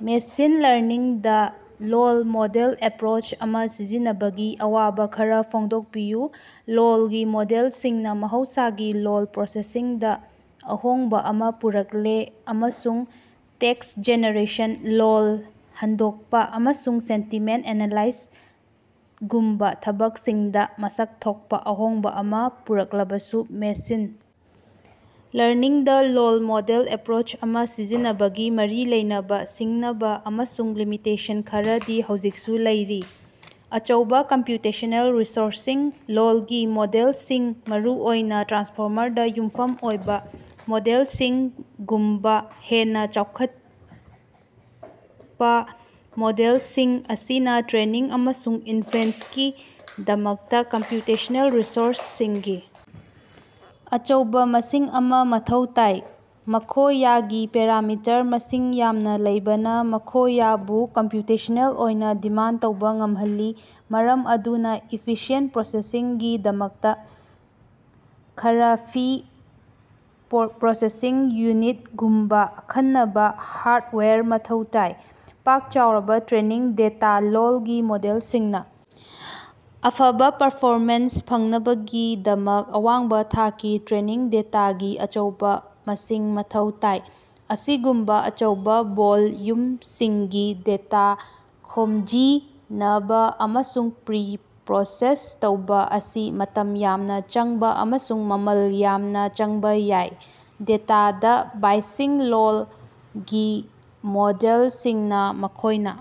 Machine ꯂꯔꯅꯤꯡꯗꯥ ꯂꯣꯜ model approach ꯑꯃꯥ ꯁꯤꯖꯤꯟꯅꯕꯒꯤ ꯑꯋꯥꯕꯥ ꯈꯔꯥ ꯐꯣꯡꯗꯣꯛꯄꯤꯌꯨ꯫ ꯂꯣꯜꯒꯤ ꯃꯣꯗꯦꯜꯁꯤꯡꯅꯥ ꯃꯍꯧꯁꯥꯒꯤ ꯂꯣꯜ ꯄ꯭ꯔꯣꯁꯦꯁꯤꯡꯗꯥ ꯑꯍꯣꯡꯕꯥ ꯑꯃꯥ ꯄꯨꯔꯛꯂꯦ ꯑꯃꯁꯨꯡ ꯇꯦꯛꯁ ꯖꯦꯅꯦꯔꯦꯁꯟ, ꯂꯣꯜ ꯍꯟꯗꯣꯛꯄꯥ, ꯑꯃꯁꯨꯡ ꯁꯦꯟꯇꯤꯃꯦꯟꯇ ꯑꯦꯅꯥꯂꯥꯏꯁꯒꯨꯝꯕꯥ ꯊꯕꯛꯁꯤꯡꯗꯥ ꯃꯁꯛ ꯊꯣꯛꯄꯥ ꯑꯍꯣꯡꯕꯥ ꯑꯃꯥ ꯄꯨꯔꯛꯂꯕꯁꯨ, ꯃꯦꯁꯤꯟ ꯂꯔꯅꯤꯡꯗꯥ ꯂꯣꯜ ꯃꯣꯗꯦꯜ ꯑꯦꯄ꯭ꯔꯣꯆ ꯑꯃꯥ ꯁꯤꯖꯤꯟꯅꯕꯒꯥ ꯃꯔꯤ ꯂꯩꯅꯕꯥ ꯁꯤꯡꯅꯕꯥ ꯑꯃꯁꯨꯡ ꯂꯤꯃꯤꯇꯦꯁꯟ ꯈꯔꯗꯤ ꯍꯧꯖꯤꯛꯁꯨ ꯂꯩꯔꯤ꯫ ꯑꯆꯧꯕꯥ ꯀꯝꯄ꯭ꯌꯨꯇꯦꯁ꯭ꯅꯦꯜ ꯔꯤꯁꯣꯔꯁꯁꯤꯡ: ꯂꯣꯜꯒꯤ ꯃꯣꯗꯦꯜꯁꯤꯡ, ꯃꯔꯨꯑꯣꯏꯅꯥ ꯇ꯭ꯔꯥꯟꯁꯐꯣꯔꯃꯔꯗꯥ ꯌꯨꯝꯐꯝ ꯑꯣꯏꯕꯥ ꯃꯣꯗꯦꯜꯁꯤꯡꯒꯨꯝꯕꯥ ꯍꯦꯟꯅꯥ ꯆꯥꯎꯈꯠꯄꯥ ꯃꯣꯗꯦꯜꯁꯤꯡ ꯑꯁꯤꯅꯥ ꯇ꯭ꯔꯦꯅꯤꯡ ꯑꯃꯁꯨꯡ ꯏꯟꯐ꯭ꯔꯦꯟ꯭ꯁꯀꯤꯗꯃꯛꯇꯥ ꯀꯝꯄ꯭ꯌꯨꯇꯦꯁ꯭ꯅꯦꯜ ꯔꯤꯁꯣꯔꯁꯁꯤꯡꯒꯤ ꯑꯆꯧꯕꯥ ꯃꯁꯤꯡ ꯑꯃꯥ ꯃꯊꯧ ꯇꯥꯏ꯫ ꯃꯈꯣꯌꯒꯤ ꯄꯦꯔꯥꯃꯤꯇꯔ ꯃꯁꯤꯡ ꯌꯥꯝꯅꯥ ꯂꯩꯕꯅꯥ ꯃꯈꯣꯌꯕꯨ ꯀꯝꯄꯌꯨꯇꯦꯁ꯭ꯅꯦꯜ ꯑꯣꯏꯅꯥ ꯗꯤꯃꯥꯟꯗ ꯇꯧꯕꯥ ꯉꯃꯍꯜꯂꯤ, ꯃꯔꯝ ꯑꯗꯨꯅꯥ ꯏꯐꯤꯁꯤꯌꯦꯟꯠ ꯄ꯭ꯔꯣꯁꯦꯁꯤꯡꯒꯤꯗꯃꯛꯇꯥ ꯈ꯭ꯔꯐꯤꯛ ꯄ꯭ꯔꯣꯁꯦꯁꯤꯡ ꯌꯨꯅꯤꯠ ꯒꯨꯝꯕꯥ ꯑꯈꯟꯅꯕꯥ ꯍꯥꯔꯗꯋꯦꯌꯔ ꯃꯊꯧ ꯇꯥꯏ꯫ ꯄꯥꯛ-ꯆꯥꯎꯔꯕꯥ ꯇ꯭ꯔꯦꯅꯤꯡ ꯗꯦꯇꯥ: ꯂꯣꯜꯒꯤ ꯃꯣꯗꯦꯜꯁꯤꯡꯅꯥ ꯑꯐꯕꯥ ꯄꯔꯐꯣꯃꯦꯟꯁ ꯐꯪꯅꯕꯒꯤꯗꯃꯛ ꯑꯋꯥꯡꯕꯥ ꯊꯥꯛꯀꯤ ꯇ꯭ꯔꯦꯅꯤꯡ ꯗꯦꯇꯥꯒꯤ ꯑꯆꯧꯕꯥ ꯃꯁꯤꯡ ꯃꯊꯧ ꯇꯥꯏ꯫ ꯑꯁꯤꯒꯨꯝꯕꯥ ꯑꯆꯧꯕꯥ ꯚꯣꯜꯌꯨꯝꯁꯤꯡꯒꯤ ꯗꯦꯇꯥ ꯈꯣꯝꯖꯤꯅꯕꯥ ꯑꯃꯁꯨꯡ ꯄ꯭ꯔꯤꯄ꯭ꯔꯣꯁꯦꯁ ꯇꯧꯕꯥ ꯑꯁꯤ ꯃꯇꯝ ꯌꯥꯝꯅꯥ ꯆꯪꯕꯥ ꯑꯃꯁꯨꯡ ꯃꯃꯜ ꯌꯥꯝꯅꯥ ꯆꯪꯕꯥ ꯌꯥꯏ꯫ ꯗꯦꯇꯥꯗꯥ ꯕꯥꯏꯑꯦꯖꯁꯤꯡ: ꯂꯣꯜꯒꯤ ꯃꯣꯗꯦꯜꯁꯤꯡꯅꯥ ꯃꯈꯣꯏꯅꯥ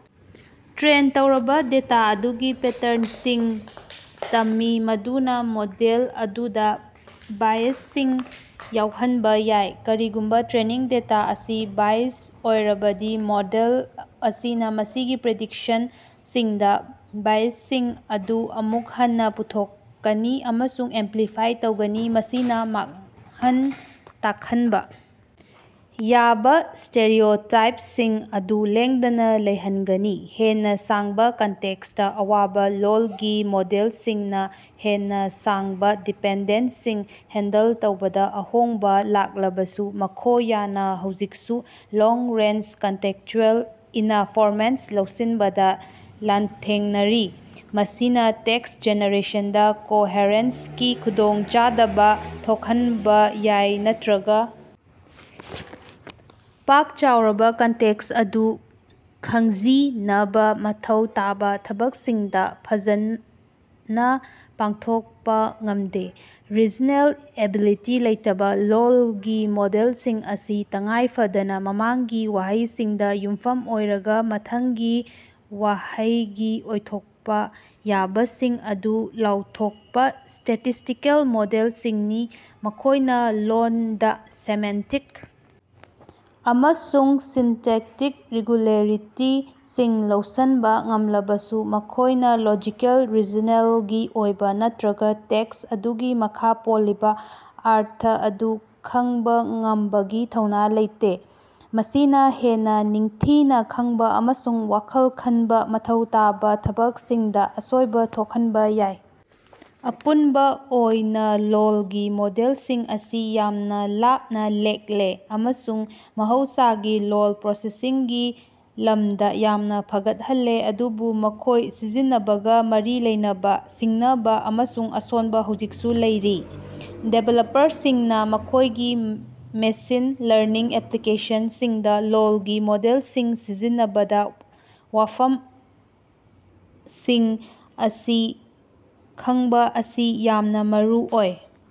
ꯇ꯭ꯔꯦꯟ ꯇꯧꯔꯕꯥ ꯗꯦꯇꯥ ꯑꯗꯨꯗꯒꯤ ꯄꯦꯇꯔꯅꯁꯤꯡ ꯇꯝꯃꯤ, ꯃꯗꯨꯅꯥ ꯃꯣꯗꯦꯜ ꯑꯗꯨꯗꯥ ꯕꯥꯏꯑꯦꯖꯁꯤꯡ ꯌꯥꯎꯍꯟꯕꯥ ꯌꯥꯏ꯫ ꯀꯔꯤꯒꯨꯝꯕꯥ ꯇ꯭ꯔꯦꯅꯤꯡ ꯗꯦꯇꯥ ꯑꯁꯤ ꯕꯥꯏꯑꯦꯖ ꯑꯣꯏꯔꯕꯗꯤ, ꯃꯣꯗꯦꯜ ꯑꯁꯤꯅꯥ ꯃꯁꯤꯒꯤ ꯄ꯭ꯔꯤꯗꯤꯛꯁꯟꯁꯤꯡꯗꯥ ꯕꯥꯏꯁꯁꯤꯡ ꯑꯗꯨ ꯑꯃꯨꯛ ꯍꯟꯅꯥ ꯄꯨꯊꯣꯛꯀꯅꯤ ꯑꯃꯁꯨꯡ ꯑꯦꯝꯄ꯭ꯂꯤꯐꯥꯏ ꯇꯧꯒꯅꯤ, ꯃꯁꯤꯅꯥ ꯃꯥꯡꯍꯟ ꯇꯥꯈꯟꯕꯥ ꯌꯥꯕꯥ ꯁ꯭ꯇꯦꯔꯤꯑꯣꯇꯥꯏꯞꯁꯤꯡ ꯑꯗꯨ ꯂꯦꯡꯗꯅꯥ ꯂꯩꯍꯟꯒꯅꯤ꯫ ꯍꯦꯟꯅꯥ ꯁꯥꯡꯕꯥ ꯀꯟꯇꯦꯛꯁꯇꯥ ꯑꯋꯥꯕꯥ: ꯂꯣꯜꯒꯤ ꯃꯣꯗꯦꯜꯁꯤꯡꯅꯥ ꯍꯦꯟꯅꯥ ꯁꯥꯡꯕꯥ ꯗꯤꯄꯦꯟꯗꯦꯟ꯭ꯁꯁꯤꯡ ꯍꯦꯟꯗꯜ ꯇꯧꯕꯗꯥ ꯑꯍꯣꯡꯕꯥ ꯂꯥꯛꯂꯕꯁꯨ, ꯃꯈꯣꯌꯅꯥ ꯍꯧꯖꯤꯛꯁꯨ ꯂꯣꯡ-ꯔꯦꯟꯖ ꯀꯟꯇꯦꯛ꯭ꯁꯆꯨꯑꯦꯜ ꯏꯅꯐꯣꯔꯃꯦꯁꯟ ꯂꯧꯁꯤꯟꯕꯗꯥ ꯂꯥꯟꯊꯦꯡꯅꯔꯤ꯫ ꯃꯁꯤꯅꯥ ꯇꯦꯛꯁ ꯖꯦꯅꯦꯔꯦꯁꯟꯗꯥ ꯀꯣꯍꯔꯦꯟꯁꯀꯤ ꯈꯗꯣꯡ ꯆꯗꯕꯊꯣꯛꯍꯟꯕꯥ ꯌꯥꯏ ꯅꯠꯇ꯭ꯔꯒꯥ ꯄꯥꯛ-ꯆꯥꯎꯔꯕꯥ ꯀꯟꯇꯦꯛ꯭ꯁ ꯑꯗꯨ ꯈꯪꯖꯤꯅꯕꯥ ꯃꯊꯧ ꯇꯥꯕꯥ ꯊꯕꯛꯁꯤꯡꯗꯥ ꯐꯖꯅꯥ ꯄꯥꯡꯊꯣꯀꯄꯥ ꯉꯝꯗꯦ꯫ ꯔꯤꯖꯅꯦꯜ ꯑꯦꯕꯤꯂꯤꯇꯤ ꯂꯩꯇꯕꯥ: ꯂꯣꯜꯒꯤ ꯃꯣꯗꯦꯜꯁꯤꯡ ꯑꯁꯤ ꯇꯉꯥꯏ ꯐꯗꯅꯥ ꯃꯃꯥꯡꯒꯤ ꯋꯥꯍꯩꯁꯤꯡꯗꯥ ꯌꯨꯝꯐꯝ ꯑꯣꯏꯔꯒꯥ ꯃꯊꯪꯒꯤ ꯋꯥꯍꯩꯒꯤ ꯑꯣꯏꯊꯣꯛꯄꯥ ꯌꯥꯕꯁꯤꯡ ꯑꯗꯨ ꯂꯥꯎꯊꯣꯛꯄꯥ ꯁ꯭ꯇꯦꯇꯤꯁꯇꯤꯀꯦꯜ ꯃꯣꯗꯦꯜꯁꯤꯡꯅꯤ꯫ ꯃꯈꯣꯏꯅꯥ ꯂꯣꯟꯗꯥ ꯁꯦꯃꯦꯟꯇꯤꯛ ꯑꯃꯁꯨꯡ ꯁꯤꯟꯇꯦꯛꯇꯤꯛ ꯔꯦꯒꯨꯂꯦꯔꯤꯇꯤꯁꯤꯡ ꯂꯧꯁꯤꯟꯕꯥ ꯉꯝꯂꯕꯁꯨ, ꯃꯈꯣꯏꯅꯥ ꯂꯣꯖꯤꯀꯦꯜ ꯔꯤꯖꯅꯦꯜꯒꯤ ꯑꯣꯏꯕꯥ ꯅꯠꯇ꯭ꯔꯒꯥ ꯇꯦꯛꯁ ꯑꯗꯨꯒꯤ ꯃꯈꯥ ꯄꯣꯜꯂꯤꯕꯥ ꯑꯔꯊ ꯑꯗꯨ ꯈꯡꯕꯥ ꯉꯝꯕꯒꯤ ꯊꯧꯅꯥ ꯂꯩꯇꯦ꯫ ꯃꯁꯤꯅꯥ ꯍꯦꯟꯅꯥ ꯅꯤꯡꯊꯤꯅꯥ ꯈꯡꯕꯥ ꯑꯃꯁꯨꯡ ꯋꯥꯈꯜ ꯈꯟꯕꯥ ꯃꯊꯧ ꯇꯥꯕꯥ ꯊꯕꯛꯁꯤꯡꯗꯥ ꯑꯁꯣꯏꯕꯥ ꯊꯣꯛꯍꯟꯕꯥ ꯌꯥꯏ꯫ ꯑꯄꯨꯟꯕꯥ ꯑꯣꯏꯅꯥ, ꯂꯣꯜꯒꯤ ꯃꯣꯗꯦꯜꯁꯤꯡ ꯑꯁꯤ ꯌꯥꯝꯅꯥ ꯂꯥꯞꯅꯥ ꯂꯥꯛꯂꯦ ꯑꯃꯁꯨꯡ ꯃꯍꯧꯁꯥꯒꯤ ꯂꯣꯜ ꯄ꯭ꯔꯣꯁꯦꯁꯤꯡꯒꯤ ꯂꯝꯗꯥ ꯌꯥꯝꯅꯥ ꯐꯒꯠꯍꯜꯂꯦ, ꯑꯗꯨꯕꯨ ꯃꯈꯣꯏ ꯁꯤꯖꯤꯟꯅꯕꯒꯥ ꯃꯔꯤ ꯂꯩꯅꯕꯥ ꯁꯤꯡꯅꯕꯥ ꯑꯃꯁꯨꯡ ꯑꯁꯣꯟꯕ ꯍꯧꯖꯤꯛꯁꯨ ꯂꯩꯔꯤ꯫ ꯗꯤꯕꯦꯂꯞꯄꯔꯁꯤꯡꯅꯥ ꯃꯈꯣꯏꯒꯤ ꯃꯦꯁꯤꯟ ꯂꯔꯅꯤꯡ ꯑꯦꯞꯂꯤꯀꯦꯁꯟꯁꯤꯡꯗꯥ ꯂꯣꯜꯒꯤ ꯃꯣꯗꯦꯜꯁꯤꯡ ꯁꯤꯖꯤꯟꯅꯕꯗꯥ ꯋꯥꯐꯝꯁꯤꯡ ꯑꯁꯤ ꯈꯡꯕꯥ ꯑꯁꯤ ꯌꯥꯝꯅꯥ ꯃꯔꯨꯑꯣꯏ꯫